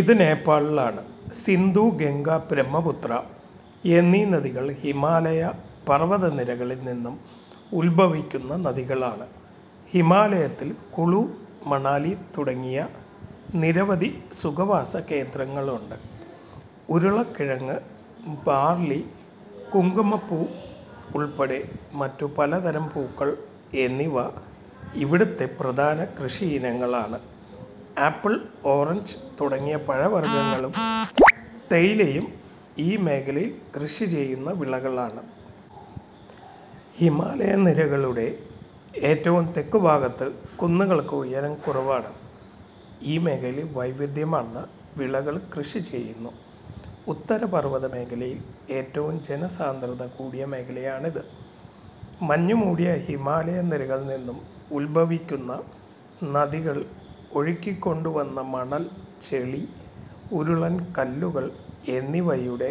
ഇത് നേപ്പാളിലാണ്. സിന്ധു, ഗംഗ, ബ്രഹ്മപുത്ര എന്നീ നദികൾ ഹിമാലയ പർവ്വതനിരകളിൽ നിന്നും ഉത്ഭവിക്കുന്ന നദികളാണ്. ഹിമാലയത്തിൽ കുളു, മനാലി തുടങ്ങിയ നിരവധി സുഖവാസ കേന്ദ്രങ്ങളുണ്ട്. ഉരുളക്കിഴങ്ങ്, ബാർളി, കുങ്കുമപ്പൂവുൾപ്പെടെ മറ്റു പലതരം പൂക്കൾ എന്നിവ ഇവിടത്തെ പ്രധാന കൃഷിയിനങ്ങളാണ്. ആപ്പിൾ, ഓറഞ്ച് തുടങ്ങിയ പഴവർഗ്ഗങ്ങളും തേയിലയും ഈ മേഖലയിൽ കൃഷിചെയ്യുന്ന വിളകളാണ്. ഹിമാലയ നിരകളുടെ ഏറ്റവും തെക്കുഭാഗത്ത് കുന്നുകൾക്ക് ഉയരം കുറവാണ്. ഈ മേഖലയിൽ വൈവിധ്യമാർന്ന വിളകൾ കൃഷിചെയ്യുന്നു. ഉത്തരപർവ്വത മേഖലയിൽ ഏറ്റവും ജനസാന്ദ്രത കൂടിയ മേഖലയാണിത്. മഞ്ഞുമൂടിയ ഹിമാലയ നിരകളിൽനിന്നും ഉത്ഭവിക്കുന്ന നദികൾ ഒഴുക്കിക്കൊണ്ടുവന്ന മണൽ, ചെളി, ഉരുളൻ കല്ലുകൾ എന്നിവയുടെ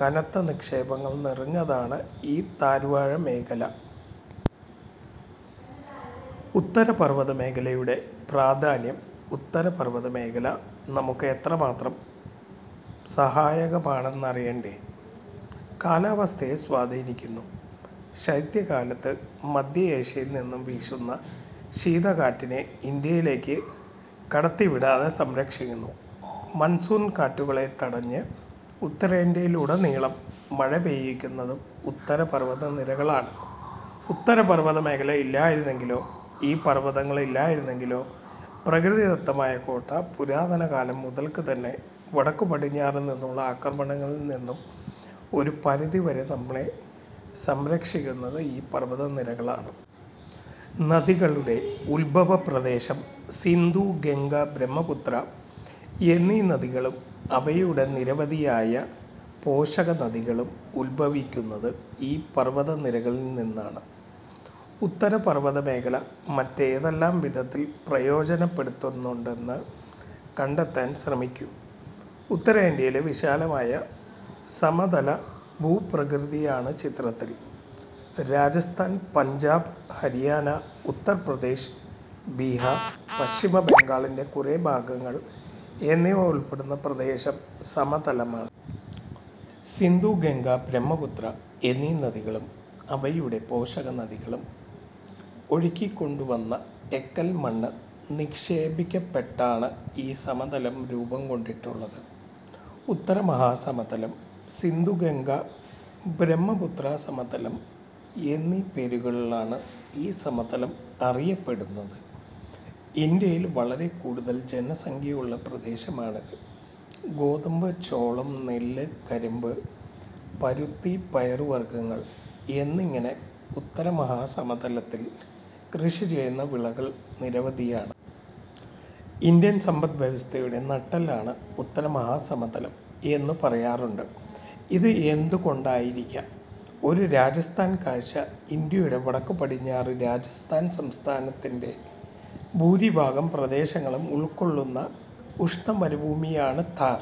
കനത്ത നിക്ഷേപങ്ങൾ നിറഞ്ഞതാണ് ഈ താഴ്വാരമേഖല. ഉത്തരപർവതമേഖലയുടെ പ്രാധാന്യം ഉത്തരപർവതമേഖല നമുക്ക് എത്രമാത്രം സഹായകമാണെന്നറിയേണ്ടേ? കാലാവസ്ഥയെ സ്വാധീനിക്കുന്നു. ശൈത്യകാലത്ത് മധ്യ ഏഷ്യയിൽ നിന്നും വീശുന്ന ശീതക്കാറ്റിനെ ഇന്ത്യയിലേക്കു കടത്തിവിടാതെ സംരക്ഷിക്കുന്നു. മൺസൂൺ കാറ്റുകളെ തടഞ്ഞ് ഉത്തരേന്ത്യയിലുടനീളം മഴപെയ്യിക്കുന്നതും ഉത്തരപർവതനിരകളാണ്. ഉത്തരപർവതമേഖല ഇല്ലായിരുന്നെങ്കിലോ? ഈ പർവതങ്ങൾ ഇല്ലായിരുന്നെങ്കിലോ? പ്രകൃതിദത്തമായ കോട്ട. പുരാതനകാലം മുതൽക്കുതന്നെ വടക്കുപടിഞ്ഞാറുനിന്നുള്ള ആക്രമണങ്ങളിൽ നിന്നും ഒരു പരിധിവരെ നമ്മെ സംരക്ഷിക്കുന്നത് ഈ പർവതനിരകളാണ്. നദികളുടെ ഉത്ഭവപ്രദേശം സിന്ധു, ഗംഗ, ബ്രഹ്മപുത്ര എന്നീ നദികളും അവയുടെ നിരവധിയായ പോഷകനദികളും ഉത്ഭവിക്കുന്നത് ഈ പർവതനിരകളിൽനിന്നാണ്. ഉത്തര പർവത മേഖല മറ്റേതെല്ലാം വിധത്തിൽ പ്രയോജനപ്പെടുത്തുന്നുണ്ടെന്ന് കണ്ടെത്താൻ ശ്രമിക്കു. ഉത്തരേന്ത്യയിലെ വിശാലമായ സമതലഭൂപ്രകൃതിയാണ് ചിത്രത്തിൽ. രാജസ്ഥാൻ, പഞ്ചാബ്, ഹരിയാന, ഉത്തർപ്രദേശ്, ബീഹാർ, പശ്ചിമബംഗാളിന്റെ കുറേ ഭാഗങ്ങൾ എന്നിവ ഉൾപ്പെടുന്ന പ്രദേശം സമതലമാണ്. സിന്ധു, ഗംഗ, ബ്രഹ്മപുത്ര എന്നീ നദികളും അവയുടെ പോഷകനദികളും ഒഴുക്കിക്കൊണ്ടുവന്ന എക്കൽമണ്ണ് നിക്ഷേപിക്കപ്പെട്ടാണ് ഈ സമതലം രൂപം കൊണ്ടിട്ടുള്ളത്. ഉത്തര മഹാസമതലം, സിന്ധു-ഗംഗ-ബ്രഹ്മപുത്ര സമതലം എന്നീ പേരുകളിലാണ് ഈ സമതലം അറിയപ്പെടുന്നത്. ഇന്ത്യയിൽ വളരെക്കൂടുതൽ ജനസംഖ്യയുള്ള പ്രദേശമാണിത്. ഗോതമ്പ്, ചോളം, നെല്ല്, കരിമ്പ്, പരുത്തി, പയറുവർഗങ്ങൾ എന്നിങ്ങനെ ഉത്തരമഹാ സമതലത്തിൽ കൃഷിചെയ്യുന്ന വിളകൾ നിരവധിയാണ്. ഇന്ത്യൻ സമ്പദ് വ്യവസ്ഥയുടെ നട്ടെല്ലാണ് ഉത്തരമഹാസമതലം എന്നു പറയാറുണ്ട്. ഇത് എന്തുകൊണ്ടായിരിക്കാം? ഒരു രാജസ്ഥാൻ കാഴ്ച ഇന്ത്യയുടെ വടക്കുപടിഞ്ഞാറ് രാജസ്ഥാൻ സംസ്ഥാനത്തിന്റെ ഭൂരിഭാഗം പ്രദേശങ്ങളും ഉൾക്കൊള്ളുന്ന ഉഷ്ണമരുഭൂമിയാണ് ഥാർ.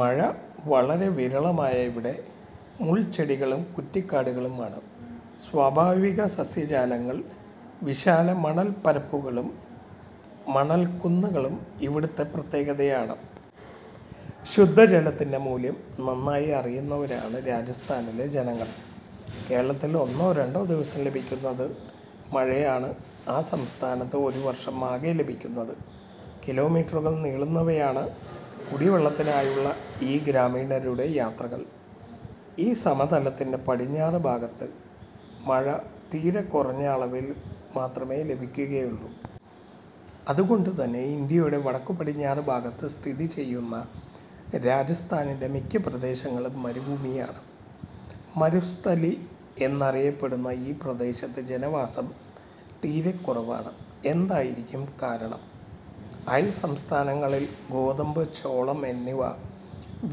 മഴ വളരെ വിരളമായ ഇവിടെ മുൾച്ചെടികളും കുറ്റി കാടുകളുമാണ് സ്വാഭാവിക സസ്യജാലങ്ങൾ. വിശാല മണൽപരപ്പുകളും മണൽക്കുന്നുകളും ഇവിടത്തെ പ്രത്യേകതയാണ്. ശുദ്ധജലത്തിന്റെ മൂല്യം നന്നായി അറിയുന്നവരാണ് രാജസ്ഥാനിലെ ജനങ്ങൾ. കേരളത്തിൽ ഒന്നോ രണ്ടോ ദിവസം ലഭിക്കുന്നത് മഴയാണ് ആ സംസ്ഥാനത്ത് ഒരു വർഷം ആകെ ലഭിക്കുന്നത്. കിലോ മീറ്ററുകൾ നീളുന്നവയാണ് കുടിവെള്ളത്തിനായുള്ള ഈ ഗ്രാമീണരുടെ യാത്രകൾ. ഈ സമതലത്തിന്റെ പടിഞ്ഞാറ് ഭാഗത്ത് മഴ തീരെക്കുറഞ്ഞ അളവിൽ മാത്രമേ ലഭിക്കുന്നുള്ളൂ. അതുകൊണ്ടുതന്നെ ഇന്ത്യയുടെ വടക്കുപടിഞ്ഞാറ് ഭാഗത്ത് സ്ഥിതി ചെയ്യുന്ന രാജസ്ഥാന്റെ മിക്ക പ്രദേശങ്ങളും മരുഭൂമിയാണ്. മരുസ്ഥലി എന്നറിയപ്പെടുന്ന ഈ പ്രദേശത്ത് ജനവാസം തീരെക്കുറവാണ്. എന്തായിരിക്കും കാരണം? അയൽസംസ്ഥാനങ്ങളിൽ ഗോതമ്പ്, ചോളം എന്നിവ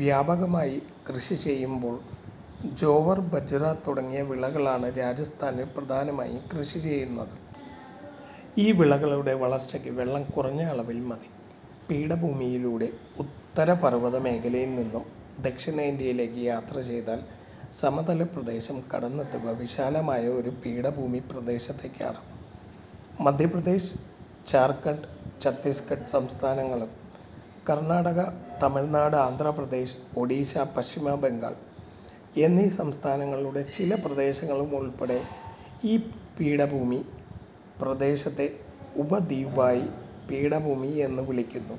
വ്യാപകമായി കൃഷി ചെയ്യുമ്പോൾ ജോവർ, ബജ്റ തുടങ്ങിയ വിളകളാണ് രാജസ്ഥാനിൽ പ്രധാനമായും കൃഷി ചെയ്യുന്നത്. ഈ വിളകളുടെ വളർച്ചയ്ക്ക് വെള്ളം കുറഞ്ഞ അളവിൽ മതി. പീഠഭൂമിയിലൂടെ ഉത്തരപർവ്വതമേഖലയിൽ നിന്നും ദക്ഷിണേന്ത്യയിലേക്ക് യാത്ര ചെയ്താൽ സമതല പ്രദേശം കടന്നെത്തുക വിശാലമായ ഒരു പീഠഭൂമിപ്രദേശത്തേക്കാണ്. മധ്യപ്രദേശ്, ഝാർഖണ്ഡ്, ഛത്തീസ് ഗഢ് സംസ്ഥാനങ്ങളും കർണാടക, തമിഴ്നാട്, ആന്ധ്രാപ്രദേശ്, ഒഡിഷ, പശ്ചിമബംഗാൾ എന്നീ സംസ്ഥാനങ്ങളുടെ ചില പ്രദേശങ്ങളും ഉൾപ്പടെ ഈ പീഠഭൂമി പ്രദേശത്തെ ഉപദ്വീപായി പീഠഭൂമി എന്നു വിളിക്കുന്നു.